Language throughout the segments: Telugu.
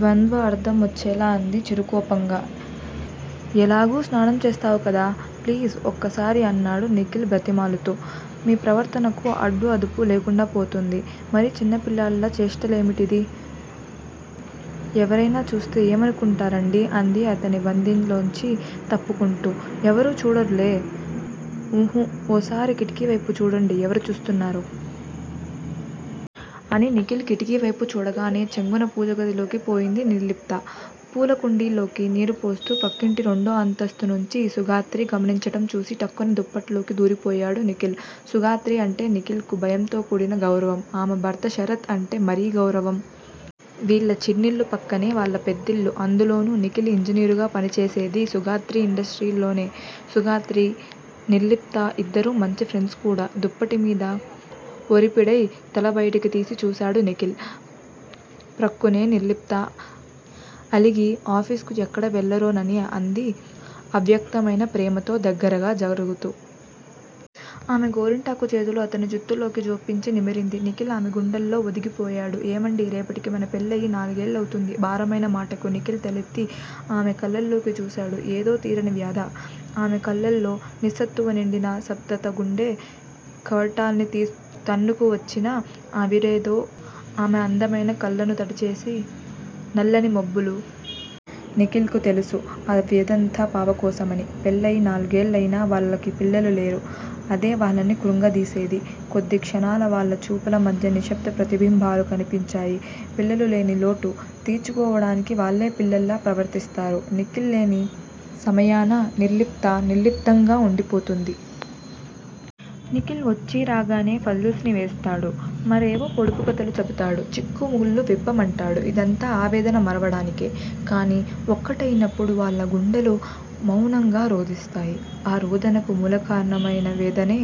ద్వందార్ధం వచ్చేలా అంది చిరుకోపంగా. ఎలాగూ స్నానం చేస్తావ్ కదా! ప్లీజ్ ఒక్కసారి అన్నాడు నిఖిల్ బ్రతిమాలుతూ. మీ ప్రవర్తనకు అడ్డూ అదుపూ లేకుండాపోతుంది. మరీ చిన్న పిల్లాడి చేష్టలా ఏమిటిది? ఎవరైనాచూస్తే ఏమనుకుంటారండీ అంది అతని బందీలోంచి తప్పుకుంటూ. ఎవరూ చూడరులే. ఊహూ ఓసారి కిటికీ వైపు చూడండి ఎవరు చూస్తున్నారో? అని నిఖిల్ కిటికీ వైపు చూడగానే చెంగున పూజగదిలోకి పోయింది నిర్లిప్త. పూల కుండీల్లోకి నీరు పోస్తూ ప్రక్కింటి రెండో అంతస్తు నుంచి సుగాత్రి గమనించటం చూసి ఠక్కున దుప్పట్లోకి దూరిపోయాడు నిఖిల్. సుగాత్రి అంటే నిఖిల్ కు భయంతో కూడిన గౌరవం. ఆమె భర్త శరత్ అంటే మరీ గౌరవం. వీళ్ళ చిన్నిల్లు ప్రక్కనే వాళ్ళ పెద్దిల్లు! అందులోనూ నిఖిల్ ఇంజనీరుగా పనిచేసేది సుగాత్రి ఇండస్ట్రీస్ లోనే. సుగాత్రి, నిర్లిప్తా ఇద్దరూ మంచి ఫ్రెండ్స్ కూడా! దుప్పటిమీద ఒరిపిడై తలబయటికి తీసి చూసాడు నిఖిల్. ప్రక్కనే నిర్లిప్త! అలిగి ఆఫీస్ కు ఎక్కడ వెళ్ళరోనని అంది అవ్యక్తమయిన ప్రేమతో దగ్గరగా జరుగుతూ. ఆమె గోరింటాకు చేతులు అతని జుత్తులోకి జొప్పించి నిమిరింది. నిఖిల్ ఆమె గుండెల్లో ఒదిగిపోయాడు. ఏమండీ రేపటికి మన పెళ్ళయి నాలుగేళ్ళవుతుంది భారమైన మాటకు నిఖిల్ తలెత్తి ఆమె కళ్ళలోకి చూసాడు ఏదో తీరని వ్యధ? ఆమె కళ్ళలో నిస్సత్తువ నిండిన స్థబ్దత గుండె కవాటాల్ని తన్నుకొని వచ్చిన ఆవిరేదో ఆమె అందమైన కళ్ళను తడిచేసి నల్లని మబ్బులు! నిఖిల్ కు తెలుసు ఆ వ్యదంతా పాపకోసమని. పెళ్ళయి నాలుగేళ్ళయినా వాళ్ళకు పిల్లల్లేరు. అదే వాళ్ళను కృంగదీసేది. కొద్ది క్షణాలు వాళ్ళ చూపుల మధ్య నిశ్శబ్ద ప్రతిబింబాలు కన్పించాయి. పిల్లలు లేని లోటు తీర్చుకోవడానికి వాల్లే పిల్లల్లా ప్రవర్తిస్తారు. నిఖిల్ లేని సమయాన నిర్లిప్త నిర్లిప్తంగా వుండిపోతుంది. నిఖిల్ వచ్చీ రాగానే ఏవో ఫజిల్స్ ని వేస్తాడు. మరేవో పొడుపు కథలు చెపుతాడు చిక్కుముళ్ళు విప్పమంటాడు. ఇదంతా ఆవేదన మరవడానికే! కాని ఒక్కటయినపుడు వాళ్ళ గుండెలు మవునంగా రోదిస్తాయి. ఆ రోదనకు మూలకారణమైన వేదనే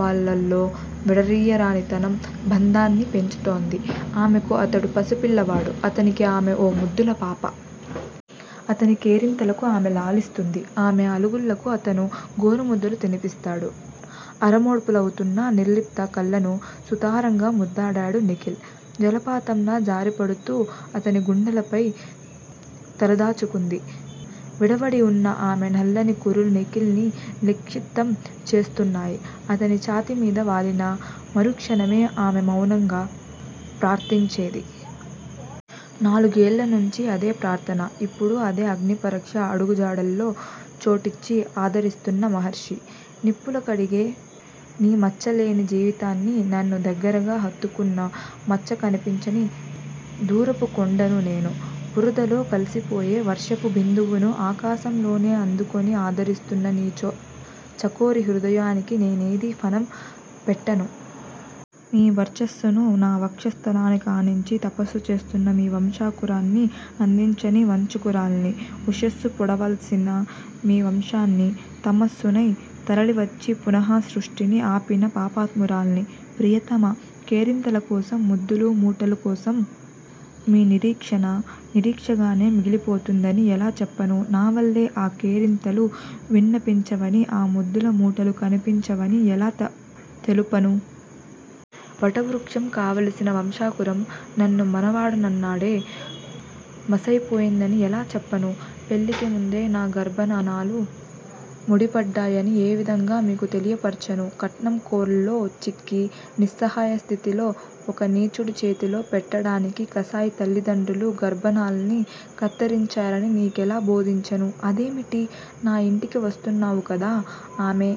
వాళ్ళలో విడదీయరానంతగా బంధాన్ని పెంచుతోంది. ఆమెకు అతడో పసిపిల్లవాడు అతనికి ఆమె ఓ ముద్దుల పాప. అతని కేరింతలకు ఆమె లాలిస్తుంది. ఆమె అలుగుల్లకు అతడు గోరుముద్దలు తినిపిస్తాడు. అరమోడ్పులవుతున్న నిర్లిప్త కళ్ళను సుతారంగా ముద్దాడాడు నిఖిల్. జలపాతంలా జారిపడుతూ అతని గుండెలపై తలదాచుకుంది. విడివడి వున్న ఆమె నల్లని కురులు నిఖిల్ ని నిక్షిప్తం చేస్తున్నాయి. అతని ఛాతి మీద వాలిన మరుక్షణమే ఆమె మౌనంగా ప్రార్ధించేది. నాలుగేళ్ళనించి అదే ప్రార్ధన! ఇప్పుడూ అదే అగ్నిసాక్షి అడుగుజాడల్లో చోటిచ్చి ఆదరిస్తున్న మహర్షీ! నిప్పులు కడిగే నీ మచ్చలేని జీవితానికి నన్ను దగ్గరగా హత్తుకున్నా మచ్చ కనిపించని దూరపు కొండను నేను! బురదలో కల్సిపోయే వర్షపు బిందువును ఆకాశంలోనే అందుకొని ఆదరిస్తున్న నీ చకోర హృదయానికి నేనేది ఫణం పెట్టను? మీ వర్చస్సును నా వక్షస్థలానికానించి తపస్సు చేస్తున్న మీకు వంశాంకురాన్ని అందించని వంచకురాల్ని! ఉషస్సు పొడవాల్సిన మీ వంశానికి తమస్సునై తరలివచ్చి పునఃసృష్టిని ఆపిన పాపాత్మురాలిని! ప్రియతమా! కేరింతలకోసం ముద్దుల మూటల కోసం, మీ నిరీక్షణ నిరీక్షణగానే మిగిలిపోతుందని ఎలా చెప్పను? నా వాళ్ళే ఆ కేరింతలు విన్పించవని ఆ ముద్దుల మూటలు కన్పించవని ఎలా తెలుపను? వట వృక్షం కావాల్సిన వంశాంకురం నన్ను మనువాడిన్నాడే మసైపోయిందని ఎలా చెప్పను? పెళ్ళికి ముందే నా గర్భనాళాలు ముడిపడ్డాయని ఏవిధంగా మీకు తెలియపర్చను? కట్నం కోరల్లో చిక్కి నిస్సహాయ స్థితిలో ఒక నీచుడి చేతిలో పెట్టడానికి కసాయి తల్లిదండ్రులు గర్భనాళాల్ని కత్తిరించారని నీకెలా బోధించను? అదేమిటి? నా యింటికి వస్తానన్నావు కదా! ఆమె